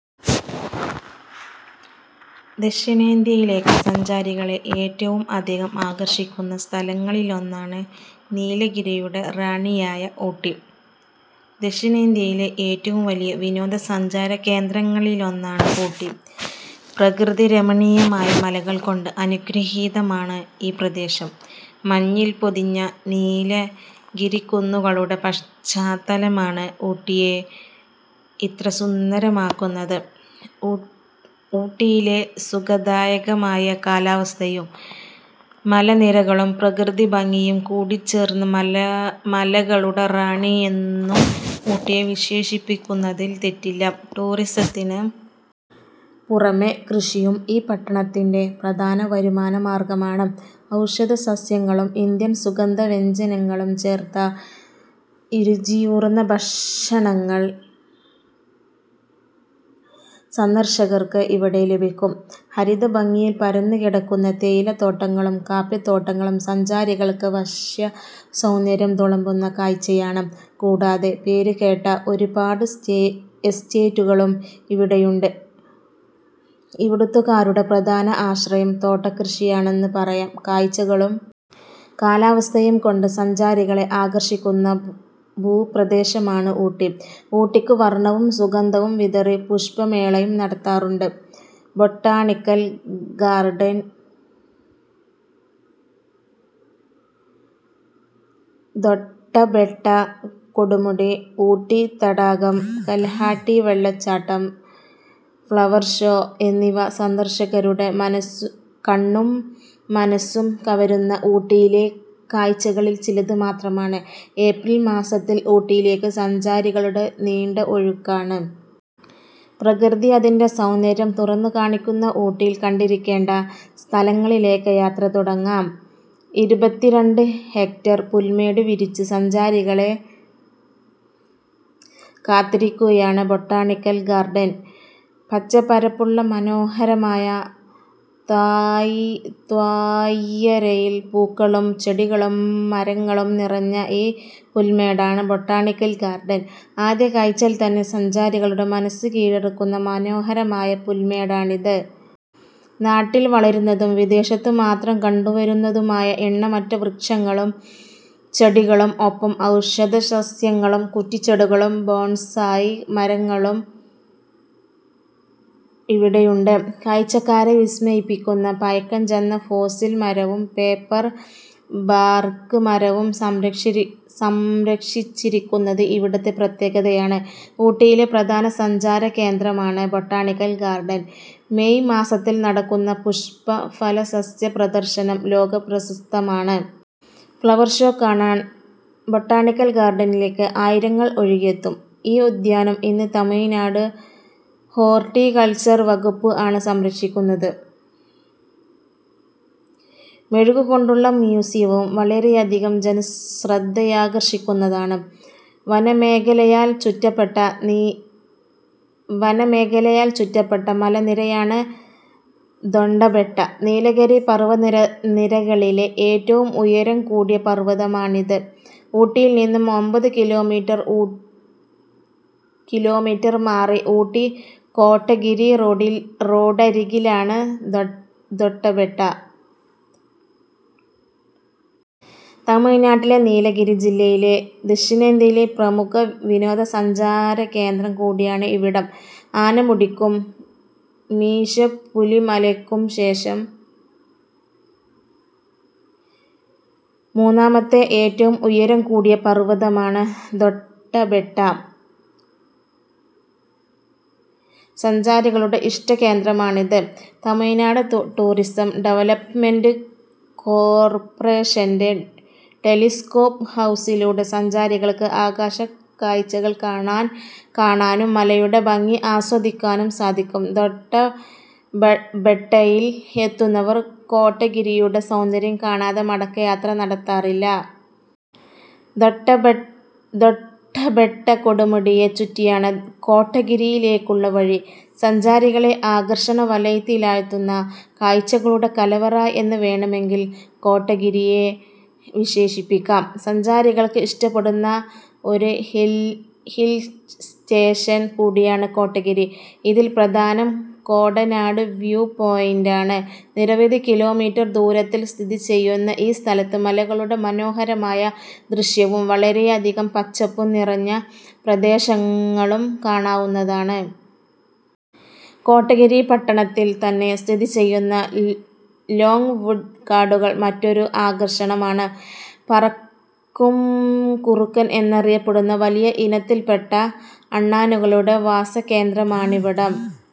ദക്ഷിണേന്ത്യയിലേക്ക് സഞ്ചാരികളെ ഏറ്റവും അധികം ആകർഷിക്കുന്ന സ്ഥലങ്ങളിലൊന്നാണ് നീലഗിരിയുടെ റാണിയായ ഊട്ടി. ദക്ഷിണേന്ത്യയിലെ ഏറ്റവും വലിയ വിനോദസഞ്ചാരകേന്ദ്രങ്ങളിലൊന്നാണ് ഊട്ടി. പ്രകൃതിരമണീയമായ മലകൾ കൊണ്ട് അനുഗ്രഹീതമാണ് ഈ പ്രദേശം. മഞ്ഞിൽ പൊതിഞ്ഞ നീലഗിരിക്കുന്നുകളുടെ പശ്ചാത്തലമാണ് ഊട്ടിയെ ഇത്ര സുന്ദരമാക്കുന്നത്. ഊട്ടിയിലെ സുഖദായകമായ കാലാവസ്ഥയും മലനിരകളും പ്രകൃതിഭംഗിയും കൂടിച്ചേർന്ന് മലകളുടെ റാണി എന്നും ഊട്ടിയെ വിശേഷിപ്പിക്കുന്നതിൽ തെറ്റില്ല. ടൂറിസത്തിന് പുറമെ കൃഷിയും ഈ പട്ടണത്തിൻറെ പ്രധാന വരുമാനമാർഗമാണ്. ഔഷധസസ്യങ്ങളും ഇന്ത്യൻ സുഗന്ധവ്യഞ്ജനങ്ങളും ചേർത്ത രുചിയൂറുന്ന ഭക്ഷണങ്ങൾ സന്ദർശകർക്ക് ഇവിടെ ലഭിക്കും. ഹരിതഭംഗിയിൽ പരന്നുകിടക്കുന്ന തേയിലത്തോട്ടങ്ങളും കാപ്പിത്തോട്ടങ്ങളും സഞ്ചാരികൾക്ക് വശ്യസൗന്ദര്യം തുളുമ്പുന്ന കാഴ്ചയാണ്. കൂടാതെ പേരുകേട്ട ഒരുപാട് എസ്റ്റേറ്റുകളും ഇവിടെയുണ്ട്. ഇവിടുത്തുകാരുടെ പ്രധാന ആശ്രയം തോട്ടകൃഷിയാണെന്ന് പറയാം. കാഴ്ചകളും കാലാവസ്ഥയും കൊണ്ട് സഞ്ചാരികളെ ആകർഷിക്കുന്ന ഭൂപ്രദേശമാണ് ഊട്ടി. ഊട്ടിക്ക് വർണവും സുഗന്ധവും വിതറി പുഷ്പമേളയും നടത്താറുണ്ട്. ബൊട്ടാണിക്കൽ ഗാർഡൻ, ദൊഡ്ഡബെട്ട കൊടുമുടി, ഊട്ടി തടാകം, കൽഹാട്ടി വെള്ളച്ചാട്ടം, ഫ്ലവർ ഷോ എന്നിവ സന്ദർശകരുടെ കണ്ണും മനസ്സും കവരുന്ന ഊട്ടിയിലെ കാഴ്ചകളിൽ ചിലത് മാത്രമാണ്. ഏപ്രിൽ മാസത്തിൽ ഊട്ടിയിലേക്ക് സഞ്ചാരികളുടെ നീണ്ട ഒഴുക്കാണ്. പ്രകൃതി അതിൻറെ സൗന്ദര്യം തുറന്നുകാണിക്കുന്ന ഊട്ടിയിൽ കണ്ടിരിക്കേണ്ട സ്ഥലങ്ങളിലേക്ക് യാത്ര തുടങ്ങാം. ഇരുപത്തിരണ്ട് ഹെക്ടർ പുൽമേട് വിരിച്ച് സഞ്ചാരികളെ കാത്തിരിക്കുകയാണ് ബൊട്ടാണിക്കൽ ഗാർഡൻ. പച്ചപ്പരപ്പുള്ള മനോഹരമായ താഴ്വരയിൽ പൂക്കളും ചെടികളും മരങ്ങളും നിറഞ്ഞ ഈ പുൽമേടാണ് ബൊട്ടാണിക്കൽ ഗാർഡൻ. ആദ്യ കാഴ്ചയിൽ തന്നെ സഞ്ചാരികളുടെ മനസ്സ് കീഴടക്കുന്ന മനോഹരമായ പുൽമേടാണിത്. നാട്ടിൽ വളരുന്നതും വിദേശത്ത് മാത്രം കണ്ടുവരുന്നതുമായ എണ്ണമറ്റ വൃക്ഷങ്ങളും ചെടികളും ഒപ്പം ഔഷധസസ്യങ്ങളും കുറ്റിച്ചെടികളും ബോൺസായി മരങ്ങളും ഇവിടെയുണ്ട്. കാഴ്ചക്കാരെ വിസ്മയിപ്പിക്കുന്ന പഴക്കംചെന്ന ഫോസിൽ മരവും പേപ്പർ ബാർക്ക് മരവും സംരക്ഷിച്ചിരിക്കുന്നത് ഇവിടത്തെ പ്രത്യേകതകളാണ്. ഊട്ടിയിലെ പ്രധാന സഞ്ചാരകേന്ദ്രമാണ് ബൊട്ടാണിക്കൽ ഗാർഡൻ. മേയ് മാസത്തിൽ നടക്കുന്ന പുഷ്പഫല സസ്യ പ്രദർശനം ലോകപ്രശസ്തമാണ്. ഫ്ലവർ ഷോ കാണാൻ ബൊട്ടാണിക്കൽ ഗാർഡനിലേക്ക് ആയിരങ്ങൾ ഒഴുകിയെത്തും. ഈ ഉദ്യാനം ഇന്ന് തമിഴ്നാട് ഹോർട്ടികൾച്ചർ വകുപ്പ് ആണ് സംരക്ഷിക്കുന്നത്. മെഴുകുകൊണ്ടുള്ള മ്യൂസിയവും വളരെയധികം ജനശ്രദ്ധയാകർഷിക്കുന്നതാണ്. വനമേഖലയാൽ ചുറ്റപ്പെട്ട മലനിരയാണ് ദൊഡ്ഡബെട്ട. നീലഗിരി പർവതനിരകളിലെ ഏറ്റവും ഉയരം കൂടിയ പർവതമാണിത്. ഊട്ടിയിൽനിന്നും ഒൻപത് കിലോമീറ്റർ മാറി ഊട്ടി കോട്ടഗിരി റോഡരികിലാണ് ദൊഡ്ഡബെട്ട. തമിഴ്നാട്ടിലെ നീലഗിരി ജില്ലയിൽപ്പെടുന്ന ദക്ഷിണേന്ത്യയിലെ പ്രമുഖ വിനോദസഞ്ചാരകേന്ദ്രം കൂടിയാണ് ഇവിടം. ആനമുടിക്കും മീശപ്പുലിമലയ്ക്കും ശേഷം മൂന്നാമത്തെ ഏറ്റവും ഉയരം കൂടിയ പർവതമാണ് ദൊഡ്ഡബെട്ട. സഞ്ചാരികളുടെ ഇഷ്ടകേന്ദ്രമാണിത്. തമിഴ്നാട് ടൂറിസം ഡെവലപ്മെന്റ് കോർപ്പറേഷൻറെ ടെലിസ്കോപ്പ് ഹൗസിലൂടെ സഞ്ചാരികൾക്ക് ആകാശക്കാഴ്ചകൾ കാണാനും മലയുടെ ഭംഗി ആസ്വദിക്കാനും സാധിക്കും. ദൊഡ്ഡബെട്ടയിൽ എത്തുന്നവർ കോട്ടഗിരിയുടെ സൗന്ദര്യം കാണാതെ മടക്കയാത്ര നടത്താറില്ല. ദൊഡ്ഡബെട്ട കൊടുമുടിയെ ചുറ്റിയാണ് കോട്ടഗിരിയിലേക്കുള്ള വഴി. സഞ്ചാരികളെ ആകർഷണവലയത്തിലാഴ്ത്തുന്ന കാഴ്ചകളുടെ കലവറ എന്ന് വേണമെങ്കിൽ കോട്ടഗിരിയെ വിശേഷിപ്പിക്കാം. സഞ്ചാരികൾക്ക് ഇഷ്ടപ്പെടുന്ന ഒരു ഹിൽസ്റ്റേഷൻ കൂടിയാണ് കോട്ടഗിരി. ഇതിൽ പ്രധാനം കോടനാട് വ്യൂ പോയിന്റാണ്. നിരവധി കിലോമീറ്റർ ദൂരത്തിൽ സ്ഥിതി ചെയ്യുന്ന ഈ സ്ഥലത്ത് മലകളുടെ മനോഹരമായ ദൃശ്യവും വളരെയധികം പച്ചപ്പും നിറഞ്ഞ പ്രദേശങ്ങളും കാണാവുന്നതാണ്. കോട്ടഗിരി പട്ടണത്തിൽ തന്നെ സ്ഥിതി ചെയ്യുന്ന ലോങ്‌വുഡ് കാടുകൾ മറ്റൊരു ആകർഷണമാണ്. പറക്കും കുറുക്കൻ എന്നറിയപ്പെടുന്ന വലിയ ഇനത്തിൽപ്പെട്ട അണ്ണാനുകളുടെ വാസകേന്ദ്രമാണിവിടം.